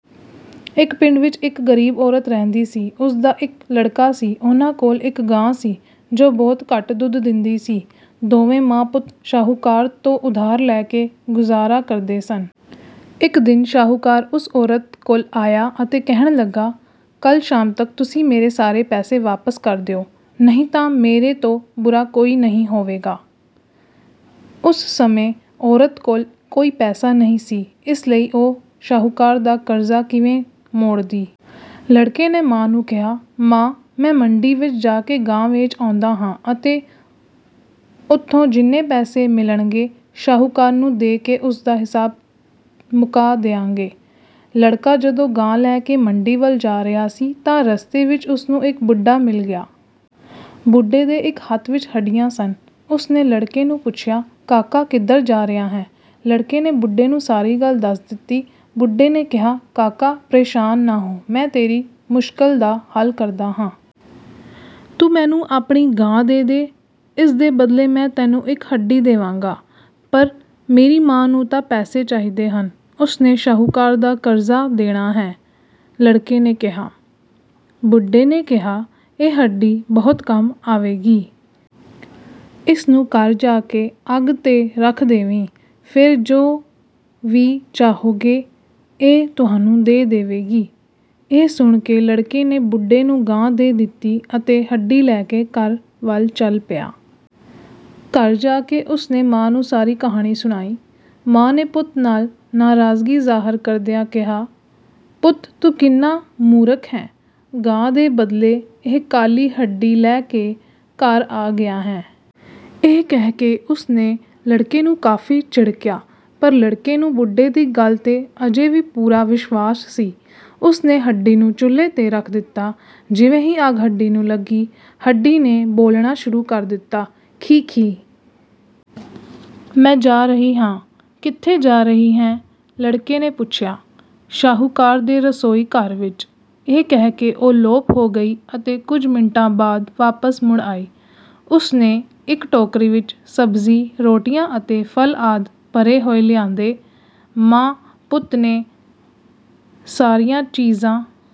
ਇੱਕ ਪਿੰਡ ਵਿੱਚ ਇੱਕ ਗ਼ਰੀਬ ਔਰਤ ਰਹਿੰਦੀ ਸੀ। ਉਸ ਦਾ ਇੱਕ ਲੜਕਾ ਸੀ। ਉਹਨਾਂ ਕੋਲ ਇੱਕ ਗਾਂ ਸੀ, ਜੋ ਬਹੁਤ ਘੱਟ ਦੁੱਧ ਦਿੰਦੀ ਸੀ। ਦੋਵੇਂ ਮਾਂ-ਪੁੱਤ ਸ਼ਾਹੂਕਾਰ ਤੋਂ ਉਧਾਰ ਲੈ ਕੇ ਗੁਜ਼ਾਰਾ ਕਰਦੇ ਸਨ। ਇੱਕ ਦਿਨ ਸ਼ਾਹੂਕਾਰ ਉਸ ਔਰਤ ਕੋਲ ਆਇਆ ਅਤੇ ਕਹਿਣ ਲੱਗਾ, "ਕੱਲ੍ਹ ਸ਼ਾਮ ਤੱਕ ਤੁਸੀਂ ਮੇਰੇ ਸਾਰੇ ਪੈਸੇ ਵਾਪਸ ਕਰ ਦਿਓ, ਨਹੀਂ ਤਾਂ ਮੇਰੇ ਤੋਂ ਬੁਰਾ ਕੋਈ ਨਹੀਂ ਹੋਵੇਗਾ।" ਉਸ ਸਮੇਂ ਔਰਤ ਕੋਲ ਕੋਈ ਪੈਸਾ ਨਹੀਂ ਸੀ, ਇਸ ਲਈ ਉਹ ਸ਼ਾਹੂਕਾਰ ਦਾ ਕਰਜ਼ਾ ਕਿਵੇਂ ਮੋੜਦੀ? ਲੜਕੇ ਨੇ ਮਾਂ ਨੂੰ ਕਿਹਾ, "ਮਾਂ, ਮੈਂ ਮੰਡੀ ਵਿੱਚ ਜਾ ਕੇ ਗਾਂ ਵੇਚ ਆਉਂਦਾ ਹਾਂ ਅਤੇ ਉੱਥੋਂ ਜਿੰਨੇ ਪੈਸੇ ਮਿਲਣਗੇ, ਸ਼ਾਹੂਕਾਰ ਨੂੰ ਦੇ ਕੇ ਉਸ ਦਾ ਹਿਸਾਬ ਮੁਕਾ ਦਿਆਂਗੇ।" ਲੜਕਾ ਜਦੋਂ ਗਾਂ ਲੈ ਕੇ ਮੰਡੀ ਵੱਲ ਜਾ ਰਿਹਾ ਸੀ ਤਾਂ ਰਸਤੇ ਵਿੱਚ ਉਸ ਨੂੰ ਇੱਕ ਬੁੱਢਾ ਮਿਲ ਗਿਆ। ਬੁੱਢੇ ਦੇ ਇੱਕ ਹੱਥ ਵਿੱਚ ਹੱਡੀਆਂ ਸਨ। ਉਸ ਨੇ ਲੜਕੇ ਨੂੰ ਪੁੱਛਿਆ, "ਕਾਕਾ, ਕਿੱਧਰ ਜਾ ਰਿਹਾ ਹੈਂ?" ਲੜਕੇ ਨੇ ਬੁੱਢੇ ਨੂੰ ਸਾਰੀ ਗੱਲ ਦੱਸ ਦਿੱਤੀ। ਬੁੱਢੇ ਨੇ ਕਿਹਾ, "ਕਾਕਾ, ਪ੍ਰੇਸ਼ਾਨ ਨਾ ਹੋ, ਮੈਂ ਤੇਰੀ ਮੁਸ਼ਕਲ ਦਾ ਹੱਲ ਕਰਦਾ ਹਾਂ। ਤੂੰ ਮੈਨੂੰ ਆਪਣੀ ਗਾਂ ਦੇ ਦੇ, ਇਸ ਦੇ ਬਦਲੇ ਮੈਂ ਤੈਨੂੰ ਇੱਕ ਹੱਡੀ ਦੇਵਾਂਗਾ।" "ਪਰ ਮੇਰੀ ਮਾਂ ਨੂੰ ਤਾਂ ਪੈਸੇ ਚਾਹੀਦੇ ਹਨ, ਉਸ ਨੇ ਸ਼ਾਹੂਕਾਰ ਦਾ ਕਰਜ਼ਾ ਦੇਣਾ ਹੈ," ਲੜਕੇ ਨੇ ਕਿਹਾ। ਬੁੱਢੇ ਨੇ ਕਿਹਾ, "ਇਹ ਹੱਡੀ ਬਹੁਤ ਕੰਮ ਆਵੇਗੀ। ਇਸ ਨੂੰ ਘਰ ਜਾ ਕੇ ਅੱਗ 'ਤੇ ਰੱਖ ਦੇਵੀਂ, ਫਿਰ ਜੋ ਵੀ ਚਾਹੋਗੇ, ਇਹ ਤੁਹਾਨੂੰ ਦੇ ਦੇਵੇਗੀ।" ਇਹ ਸੁਣ ਕੇ ਲੜਕੇ ਨੇ ਬੁੱਢੇ ਨੂੰ ਗਾਂ ਦੇ ਦਿੱਤੀ ਅਤੇ ਹੱਡੀ ਲੈ ਕੇ ਘਰ ਵੱਲ ਚੱਲ ਪਿਆ। ਘਰ ਜਾ ਕੇ ਉਸ ਨੇ ਮਾਂ ਨੂੰ ਸਾਰੀ ਕਹਾਣੀ ਸੁਣਾਈ। ਮਾਂ ਨੇ ਪੁੱਤ ਨਾਲ ਨਾਰਾਜ਼ਗੀ ਜ਼ਾਹਰ ਕਰਦਿਆਂ ਕਿਹਾ, "ਪੁੱਤ, ਤੂੰ ਕਿੰਨਾ ਮੂਰਖ ਹੈਂ! ਗਾਂ ਦੇ ਬਦਲੇ ਇਹ ਕਾਲੀ ਹੱਡੀ ਲੈ ਕੇ ਘਰ ਆ ਗਿਆ ਹੈਂ?" ਇਹ ਕਹਿ ਕੇ ਉਸ ਨੇ ਲੜਕੇ ਨੂੰ ਕਾਫ਼ੀ ਝਿੜਕਿਆ। ਪਰ ਲੜਕੇ ਨੂੰ ਬੁੱਢੇ ਦੀ ਗੱਲ 'ਤੇ ਅਜੇ ਵੀ ਪੂਰਾ ਵਿਸ਼ਵਾਸ ਸੀ। ਉਸ ਨੇ ਹੱਡੀ ਨੂੰ ਚੁੱਲ੍ਹੇ 'ਤੇ ਰੱਖ ਦਿੱਤਾ। ਜਿਵੇਂ ਹੀ ਅੱਗ ਹੱਡੀ ਨੂੰ ਲੱਗੀ, ਹੱਡੀ ਨੇ ਬੋਲਣਾ ਸ਼ੁਰੂ ਕਰ ਦਿੱਤਾ, "ਖੀਂ-ਖੀਂ... ਮੈਂ ਜਾ ਰਹੀ ਹਾਂ।" "ਕਿੱਥੇ ਜਾ ਰਹੀ ਹੈਂ?" ਲੜਕੇ ਨੇ ਪੁੱਛਿਆ। "ਸ਼ਾਹੂਕਾਰ ਦੇ ਰਸੋਈ ਘਰ ਵਿੱਚ," ਇਹ ਕਹਿ ਕੇ ਉਹ ਲੋਪ ਹੋ ਗਈ ਅਤੇ ਕੁਝ ਮਿੰਟਾਂ ਬਾਅਦ ਵਾਪਸ ਮੁੜ ਆਈ। ਉਸ ਨੇ ਇੱਕ ਟੋਕਰੀ ਵਿੱਚ ਸਬਜ਼ੀ, ਰੋਟੀਆਂ ਅਤੇ ਫ਼ਲ ਆਦਿ ਭਰੇ ਹੋਏ ਲਿਆਂਦੇ। ਮਾਂ-ਪੁੱਤ ਨੇ ਸਾਰੀਆਂ ਚੀਜ਼ਾਂ